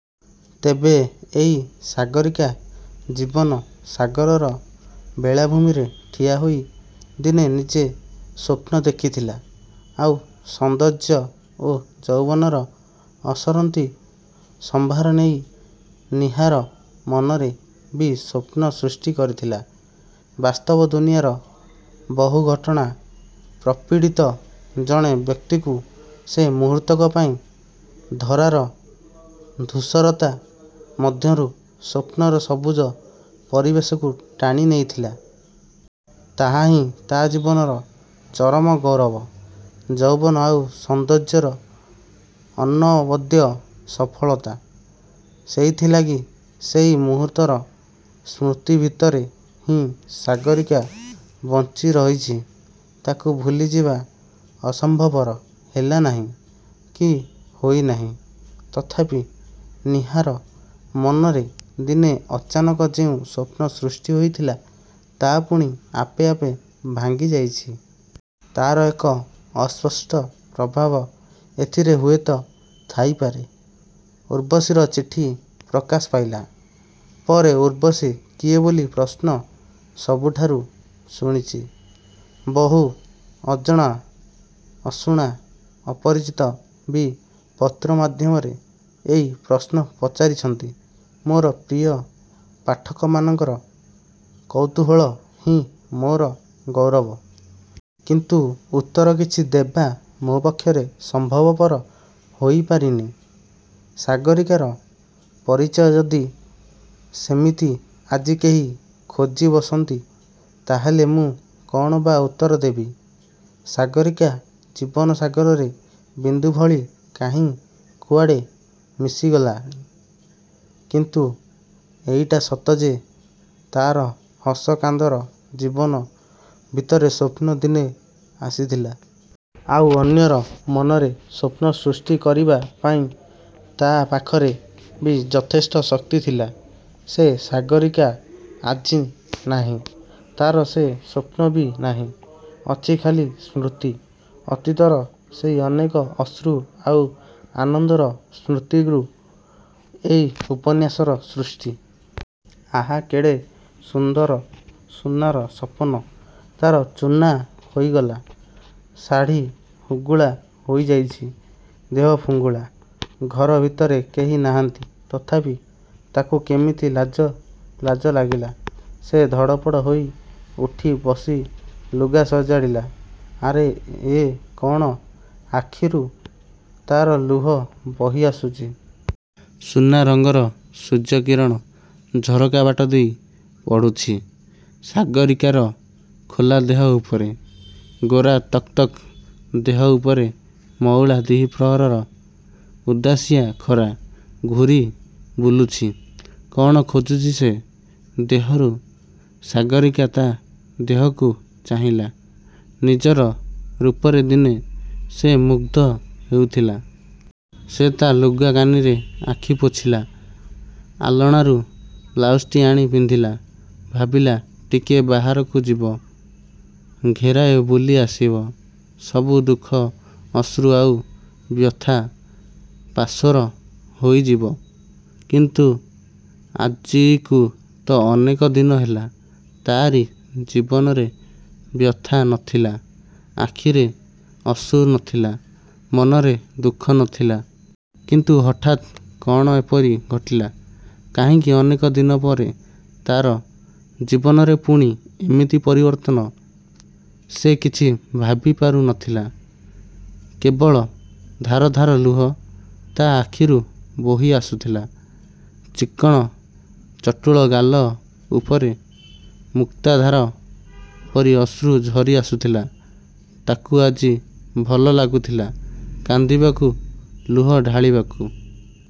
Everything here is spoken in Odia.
ତେବେ ଏଇ ସାଗରୀକା ଜୀବନ ସାଗରର ବେଳାଭୂମିରେ ଠିଆହୋଇ ଦିନେ ନିଜେ ସ୍ୱପ୍ନ ଦେଖିଥିଲା-ଆଉ ସୌନ୍ଦର୍ଯ୍ୟ ଓ ଯୌବନର ଅସରନ୍ତି ସମ୍ଭାର ନେଇ, ନୀହାର ମନରେ ବି ସ୍ୱପ୍ନ ସୃଷ୍ଟି କରିଥିଲା। ବାସ୍ତବଦୁନିଆର ବହୁଘଟଣା ପ୍ରପୀଡ଼ିତ, ଜଣେ ବ୍ୟକ୍ତିକୁ; ସେ ମୁହୂର୍ତ୍ତକ ପାଇଁ, ଧରାର-ଧୂଷରତା ମଧ୍ୟରୁ ସ୍ୱପ୍ନର ସବୁଜ ପରିବେଶକୁ ଟାଣିନେଇଥିଲା। ତାହାହିଁ ତା' ଜୀବନର ଚରମ ଗୌରବ; ଯୌବନ ଆଉ ସୌନ୍ଦର୍ଯ୍ୟର ଅନବଦ୍ୟ ସଫଳତା। ସେଇଥିଲାଗି ସେଇ ମୁହୂର୍ତ୍ତର ସ୍ମୃତି ଭିତରେ ହିଁ ସାଗରୀକା ବଞ୍ଚି ରହିଛି-ତାକୁ ଭୁଲିଯିବା ସମ୍ଭବପର ହେଲା ନାହିଁ, କି ହୋଇ ନାହିଁ-। ତଥାପି ନୀହାର ମନରେ ଦିନେ ଅଚାନକ ଯେଉଁ ସ୍ୱପ୍ନ ସୃଷ୍ଟି ହୋଇଥିଲା, ତା' ପୁଣି ଆପେ ଆପେ ଭାଙ୍ଗିଯାଇଛି। ତା'ର ଏକ ଅସ୍ପଷ୍ଟ ପ୍ରଭାବ, ଏଥିରେ ହୁଏତ ଥାଇପାରେ। 'ଉର୍ବଶୀର ଚିଠି' ପ୍ରକାଶ ପାଇଲା ପରେ ଉର୍ବଶୀ କିଏ ବୋଲି ପ୍ରଶ୍ନ ସବୁଠାରୁ ଶୁଣିଛି। ବହୁ ଅଜଣା ଅଶୁଣା ଅପରିଚିତ ବି ପତ୍ର ମାଧ୍ୟମରେ ଏଇ ପ୍ରଶ୍ନ ପଚାରିଛନ୍ତି। ମୋର ପ୍ରିୟ ପାଠକମାନଙ୍କର କୌତୂହଳ ହିଁ ମୋର ଗୌରବ। କିନ୍ତୁ ଉତ୍ତର କିଛି ଦେବା ମୋ ପକ୍ଷରେ ସମ୍ଭବପର ହୋଇପାରିନି। ସାଗରୀକାର ପରିଚୟ ଯଦି ସେମିତି ଆଜି କେହି ଖୋଜିବସନ୍ତି ତା'ହେଲେ ମୁଁ କ'ଣ ବା ଉତ୍ତର ଦେବି? ସାଗରୀକା ଜୀବନସାଗରରେ ବିନ୍ଦୁ ଭଳି କାହିଁ କୁଆଡ଼େ ମିଶିଗଲାଣି। କିନ୍ତୁ ଏଇଟା ସତ ଯେ ତା'ର ହସ କାନ୍ଦର ଜୀବନ ଭିତରେ ସ୍ୱପ୍ନ ଦିନେ ଆସିଥିଲା। ଆଉ ଅନ୍ୟର ମନରେ ସ୍ୱପ୍ନ ସୃଷ୍ଟି କରିବା ପାଇଁ ତା' ପାଖରେ ବି ଯଥେଷ୍ଟ ଶକ୍ତି ଥିଲା। ସେ ସାଗରୀକା ଆଜି ନାହିଁ-ତା'ର ସେ ସ୍ୱପ୍ନ ବି ନାହିଁ; ଅଛି ଖାଲି ସ୍ମୃତି। ଅତୀତର ସେଇ ଅନେକ ଅଶ୍ରୁ ଆଉ ଆନନ୍ଦର ସ୍ମୃତିରୁ ଏଇ ଉପନ୍ୟାସର ସୃଷ୍ଟି। ଆହା କେଡ଼େ ସୁନ୍ଦର ସୁନାର-ସପନ ତା'ର ଚୂନା ହୋଇଗଲା। ଶାଢ଼ି ହୁଗୁଳା ହୋଇଯାଇଛି। ଦେହ ଫୁଙ୍ଗୁଳା। ଘର ଭିତରେ କେହି ନାହାନ୍ତି, ତଥାପି ତାକୁ କେମିତି ଲାଜ ଲାଜ ଲାଗିଲା। ସେ ଧଡ଼ପଡ଼ ହୋଇ ଉଠି ବସି ଲୁଗା ସଜାଡ଼ିଲା। ଆରେ ଏ କ'ଣ-ଆଖିରୁ ତା'ର ଲୁହ ବହି ଆସୁଛି। ସୁନା ରଙ୍ଗର ସୂର୍ଯ୍ୟ କିରଣ ଝରକା ବାଟ ଦେଇ ପଡ଼ୁଛି, ସାଗରୀକାର ଖୋଲା ଦେହ ଉପରେ। ଗୋରା ତକ୍ତକ୍ ଦେହ ଉପରେ ମଉଳା ଦ୍ୱିପ୍ରହରର ଉଦାସିଆ ଖରା ଘୂରି ବୁଲୁଛି। କ'ଣ ଖୋଜୁଛି ସେ ଦେହରୁ। ସାଗରୀକା ତା' ଦେହକୁ ଚାହିଁଲା। ନିଜର ରୂପରେ ଦିନେ ସେ ମୁଗ୍ଧ ହେଉଥିଲା। ସେ ତା' ଲୁଗା କାନିରେ ଆଖି ପୋଛିଲା। ଆଲଣାରୁ ବ୍ଲାଉଜଟି ଆଣି ପିନ୍ଧିଲା। ଭାବିଲା-ଟିକିଏ ବାହାରକୁ ଯିବ। ଘେରାଏ ବୁଲି ଆସିବ। ସବୁ ଦୁଃଖ, ଅଶ୍ରୁ ଆଉ ବ୍ୟଥା ପାସୋର ହୋଇଯିବ। କିନ୍ତୁ ଆଜିକୁ ତ ଅନେକ ଦିନ ହେଲା ତାରି ଜୀବନରେ ବ୍ୟଥା ନଥିଲା; ଆଖିରେ ଅଶ୍ରୁ ନଥିଲା, ମନରେ ଦୁଃଖ ନଥିଲା। କିନ୍ତୁ ହଠାତ୍ କ'ଣ ଏପରି ଘଟିଗଲା। କାହିଁକି ଅନେକ ଦିନ ପରେ ତା'ର। ଜୀବନରେ ପୁଣି ଏମିତି ପରିବର୍ତ୍ତନ। ସେ କିଛି ଭାବିପାରୁ ନଥିଲା। କେବଳ ଧାର ଧାର ଲୁହ ତା' ଆଖିରୁ ବୋହି ଆସୁଥିଲା। ଚିକ୍କଣ ଚଟୁଳ ଗାଲ ଉପରେ ମୁକ୍ତାଧାର ପରି ଅଶ୍ରୁ ଝରି ଆସୁଥିଲା। ତାକୁ ଆଜି ଭଲ ଲାଗୁଥିଲା କାନ୍ଦିବାକୁ, ଲୁହ ଢାଳିବାକୁ।